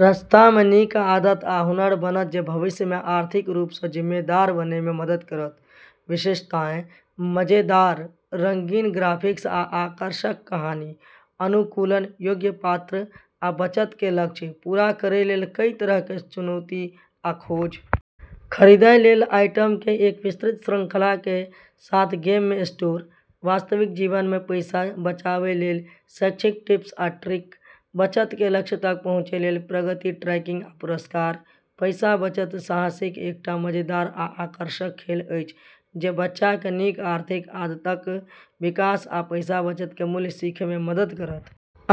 रास्ता मे नीक आदत आ हुनर बनत जे भविष्य मे आर्थिक रूप सँ जिम्मेदार बनय मे मदद करत। विशेषताएं: मजेदार, रंगीन ग्राफिक्स आ आकर्षक कहानी। अनुकूलन योग्य पात्र आ बचत के लक्ष्य पूरा करै लेल कई तरह के चुनौती आ खोज। खरीदै लेल आइटम के एक विस्तृत श्रृंखला के साथ गेम मे स्टोर। वास्तविक जीवन मे पैसा बचाबय लेल शैक्षिक टिप्स आ ट्रिक। बचत के लक्ष्य तक पहुँच लेल प्रगति ट्रैकिंग आ पुरस्कार। पैसा-बचत साहसिक एकटा मजेदार आ आकर्षक खेल अछि जे बच्चा के नीक आर्थिक आदतक विकास आ पैसा बचत के मूल्य सीखय मे मदद करत।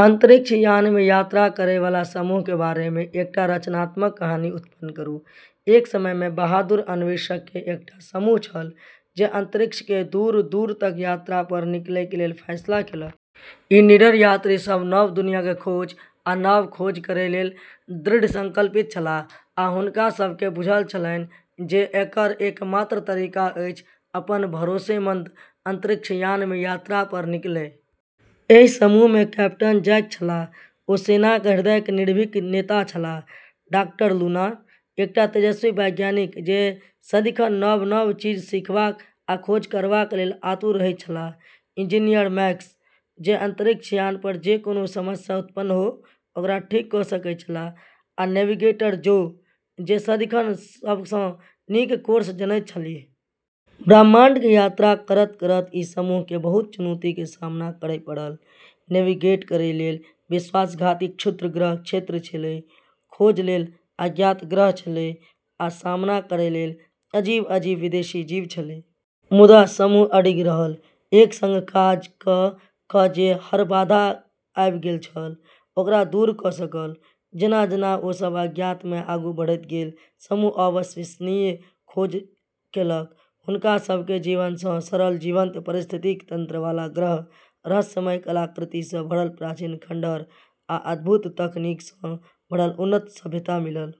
अंतरिक्ष यान मे यात्रा करय वाला समूह के बारे मे एकटा रचनात्मक कहानी उत्पन्न करू। एक समय मे बहादुर अन्वेषक के एकटा समूह छल जे अंतरिक्ष के दूर-दूर तक यात्रा पर निकलय के फैसला केलक। ई निडर यात्री सब नव दुनिया के खोज आ नव खोज करय लेल दृढ़ संकल्पित छलाह, आ हुनका सब के बुझल छलनि जे एकर एकमात्र तरीका अछि अपन भरोसेमंद अंतरिक्ष यान मे यात्रा पर निकलय। एहि समूह मे कैप्टन जैक छलाह, जे सोनाक हृदयक निर्भीक नेता छलाह; डाक्टर लूना, एकटा तेजस्वी वैज्ञानिक जे सदिखन नव-नव चीज सीखबा आ खोज करबा लेल आतुर रहैत छलाह; इंजीनियर मैक्स, जे अंतरिक्ष यान पर जे कोनो समस्या उत्पन्न हो, ओकरा ठीक क' सकैत छलाह; आ नेविगेटर ज़ो, जे सदिखन सबसँ नीक कोर्स जनैत छलीह। ब्रह्माण्ड के यात्रा करत-करत ई समूह के बहुत चुनौती के सामना करय पड़ल। नेविगेट करै लेल विश्वासघाती क्षुद्रग्रह क्षेत्र छेलै, खोजै लेल अज्ञात ग्रह छेलै, आ सामना करै लेल अजीब-अजीब विदेशी जीव छेलै। मुदा समूह अडिग रहल, एक संग काज क' क' जे हर बाधा आबि गेल छल, ओकरा दूर क' सकल। जेना-जेना ओ सब अज्ञात मे आगू बढ़ैत गेल, समूह अविश्वसनीय खोज केलक। हुनका सब के जीवन सँ भरल जीवंत पारिस्थितिकी तंत्र वाला ग्रह, रहस्यमय कलाकृति सँ भरल प्राचीन खंडहर आ अद्भुत तकनीक सँ भरल उन्नत सभ्यता मिलल।